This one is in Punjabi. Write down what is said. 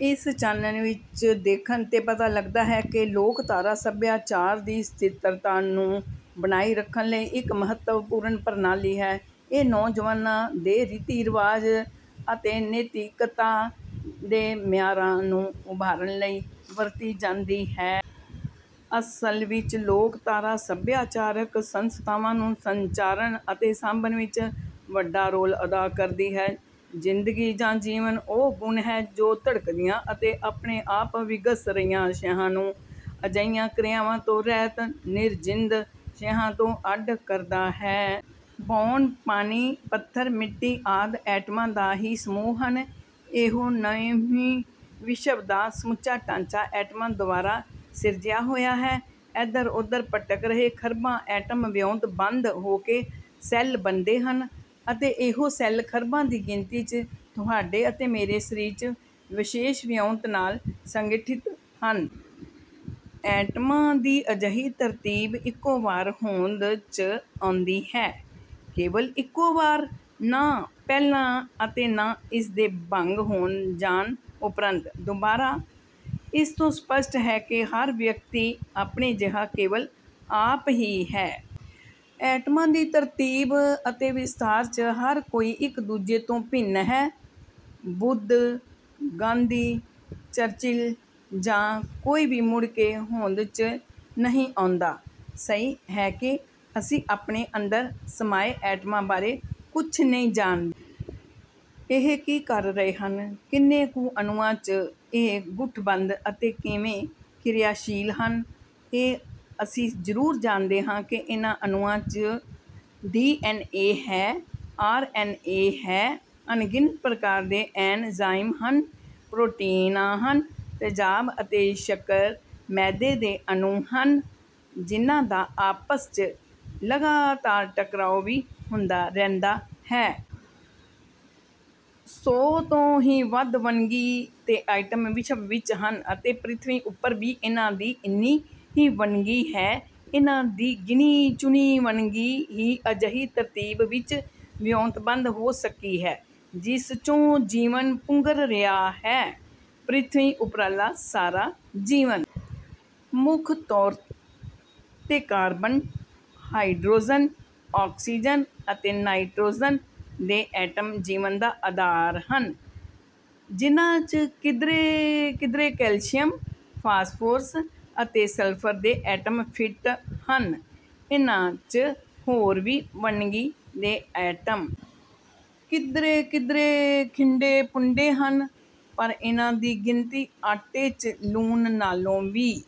ਇਸ ਚਾਨਣ ਵਿਚ ਦੇਖਣ ਤੇ ਪਤਾ ਲੱਗਦਾ ਹੈ ਕਿ ਲੋਕਧਾਰਾ ਸਭਿਆਚਾਰ ਦੀ ਸਥਿਰਤਾ ਨੂੰ ਬਣਾਈ ਰੱਖਣ ਲਈ ਇੱਕ ਮਹੱਤਵਪੂਰਨ ਪ੍ਰਣਾਲੀ ਹੈ। ਇਹ ਨੌਜਵਾਨਾਂ ਦੇ ਰੀਤੀ ਰਿਵਾਜ ਅਤੇ ਨੈਤਿਕਤਾ ਦੇ ਮਿਆਰਾਂ ਨੂੰ ਉਭਾਰਨ ਲਈ ਵਰਤੀ ਜਾਂਦੀ ਹੈ। ਅਸਲ ਵਿੱਚ ਲੋਕਧਾਰਾ ਸਭਿਆਚਾਰਕ ਸੰਸਥਾਵਾਂ ਨੂੰ ਸੰਚਾਰਨ ਅਤੇ ਸਾਂਭਣ ਵਿਚ ਵੱਡਾ ਰੋਲ ਅਦਾ ਕਰਦੀ ਹੈ। ਜ਼ਿੰਦਗੀ ਜਾਂ ਜੀਵਨ ਉਹ ਗੁਣ ਹੈ ਜੋ ਧੜਕਦੀਆਂ ਅਤੇ ਆਪਣੇ ਆਪ ਵਿਗਸ ਰਹੀਆਂ ਸ਼ੈਆਂ ਨੂੰ ਅਜਿਹੀਆਂ ਕਿਰਿਆਵਾਂ ਤੋਂ ਰਹਿਤ ਨਿਰਜਿੰਦ ਸ਼ੈਆਂ ਤੋਂ ਅੱਡ ਕਰਦਾ ਹੈ। ਪੌਣ, ਪਾਣੀ, ਪੱਥਰ, ਮਿੱਟੀ ਆਦਿ ਐਟਮਾਂ ਦਾ ਹੀ ਸਮੂਹ ਹਨ। ਇਹੋ ਨਹੀਂ, ਵਿਸ਼ਵ ਦਾ ਸਮੁੱਚਾ ਢਾਂਚਾ ਐਟਮਾਂ ਦੁਆਰਾ ਸਿਰਜਿਆ ਹੋਇਆ ਹੈ। ਐਧਰ ਓਧਰ ਭਟਕ ਰਹੇ ਖ਼ਰਬਾਂ ਐਟਮ ਵਿਉਂਤਬੱਧ ਹੋ ਕੇ ਸੈੱਲ ਬਣਦੇ ਹਨ ਅਤੇ ਇਹੋ ਸੈੱਲ, ਖ਼ਰਬਾਂ ਦੀ ਗਿਣਤੀ 'ਚ, ਤੁਹਾਡੇ ਅਤੇ ਮੇਰੇ ਸਰੀਰ 'ਚ ਵਿਸ਼ੇਸ਼ ਵਿਉਂਤ ਨਾਲ ਸੰਗਿਠਤ ਹਨ। ਐਟਮਾਂ ਦੀ ਅਜਿਹੀ ਤਰਤੀਬ ਇਕੋ ਵਾਰ ਹੋਂਦ 'ਚ ਆਉਂਦੀ ਹੈ, ਕੇਵਲ ਇਕੋ ਵਾਰ, ਨਾ ਪਹਿਲਾਂ ਅਤੇ ਨਾ ਇਸ ਦੇ ਭੰਗ ਹੋ ਜਾਣ ਉਪਰੰਤ, ਦੁਬਾਰਾ। ਇਸ ਤੋਂ ਸਪੱਸ਼ਟ ਹੈ ਕਿ ਹਰ ਇਕ ਵਿਅਕਤੀ ਆਪਣੇ ਜਿਹਾ ਕੇਵਲ ਆਪ ਹੀ ਹੈ। ਐਟਮਾਂ ਦੀ ਤਰਤੀਬ ਅਤੇ ਵਿਸਥਾਰ 'ਚ ਹਰ ਕੋਈ ਇਕ ਦੂਜੇ ਤੋਂ ਭਿੰਨ ਹੈ। ਬੁੱਧ, ਗਾਂਧੀ, ਚਰਚਿਲ ਜਾਂ ਕੋਈ ਵੀ ਮੁੜਕੇ ਹੋਂਦ 'ਚ ਨਹੀਂ ਆਉਂਦਾ। ਸਹੀ ਹੈ ਕਿ ਅਸੀਂ ਆਪਣੇ ਅੰਦਰ ਸਮਾਏ ਐਟਮਾਂ ਬਾਰੇ ਕੁਝ ਨਹੀਂ ਜਾਣਦੇ। ਇਹ ਕੀ ਕਰ ਰਹੇ ਹਨ, ਕਿੰਨੇ ਕੁ ਅਣੂਆਂ 'ਚ ਇਹ ਗੁਠਬੰਦ ਅਤੇ ਕਿਵੇਂ ਕ੍ਰਿਆਸ਼ੀਲ ਹਨ। ਇਹ ਅਸੀਂ ਜ਼ਰੂਰ ਜਾਣਦੇ ਹਾਂ ਕਿ ਇਨ੍ਹਾਂ ਅਣੂਆਂ 'ਚ ਡੀ ਐਨ ਏ ਹੈ, ਆਰ ਐਨ ਏ ਹੈ, ਅਣਗਿਣਤ ਪ੍ਰਕਾਰ ਦੇ ਐਨਜ਼ਾਈਮ ਹਨ, ਪ੍ਰੋਟੀਨਾਂ ਹਨ, ਤੇਜ਼ਾਬ ਅਤੇ ਸ਼ੱਕਰ ਮੈਦੇ ਦੇ ਅਣੂ ਹਨ, ਜਿਨ੍ਹਾਂ ਦਾ ਆਪਸ 'ਚ ਲਗਾਤਾਰ ਟਕਰਾਓ ਵੀ ਹੁੰਦਾ ਰਹਿੰਦਾ ਹੈ। ਸੌ ਤੋਂ ਵੀ ਵੱਧ ਵੰਨਗੀ ਦੇ ਐਟਮ ਵਿਸ਼ਵ ਵਿਚ ਹਨ ਅਤੇ ਪ੍ਰਿਥਵੀ ਉਪਰ ਵੀ ਇਨ੍ਹਾਂ ਦੀ ਇੰਨੀ ਹੀ ਵੰਨਗੀ ਹੈ। ਇਨ੍ਹਾਂ ਦੀ ਗਿਣੀ ਚੁਣੀ ਵੰਨਗੀ ਹੀ ਅਜਿਹੀ ਤਰਤੀਬ 'ਚ ਵਿਉਂਤਬਧ ਹੋ ਸਕੀ ਹੈ, ਜਿਸ 'ਚੋਂ ਜੀਵਨ ਪੁੰਗਰ ਰਿਹਾ ਹੈ, ਪ੍ਰਿਥਵੀ ਉਪਰਲਾ ਸਾਰਾ ਜੀਵਨ। ਮੁੱਖ ਤੌਰ 'ਤੇ ਕਾਰਬਨ, ਹਾਈਡ੍ਰੋਜਨ, ਆਕਸੀਜ਼ਨ ਅਤੇ ਨਾਈਟ੍ਰੋਜਨ ਦੇ ਐਟਮ ਜੀਵਨ ਦਾ ਆਧਾਰ ਹਨ, ਜਿਨ੍ਹਾਂ 'ਚ ਕਿਧਰੇ ਕਿਧਰੇ ਕੈਲਸ਼ੀਅਮ, ਫਾਸਫੋਰਸ ਅਤੇ ਸਲਫਰ ਦੇ ਐਟਮ ਫਿੱਟ ਹਨ। ਇਨ੍ਹਾਂ 'ਚ ਹੋਰ ਵੀ ਵੰਨਗੀ ਦੇ ਐਟਮ ਕਿਧਰੇ ਕਿਧਰੇ ਖਿੰਡੇ ਪੁੰਡੇ ਹਨ, ਪਰ ਇਨ੍ਹਾਂ ਦੀ ਗਿਣਤੀ ਆਟੇ 'ਚ ਲੂਣ ਨਾਲੋਂ ਵੀ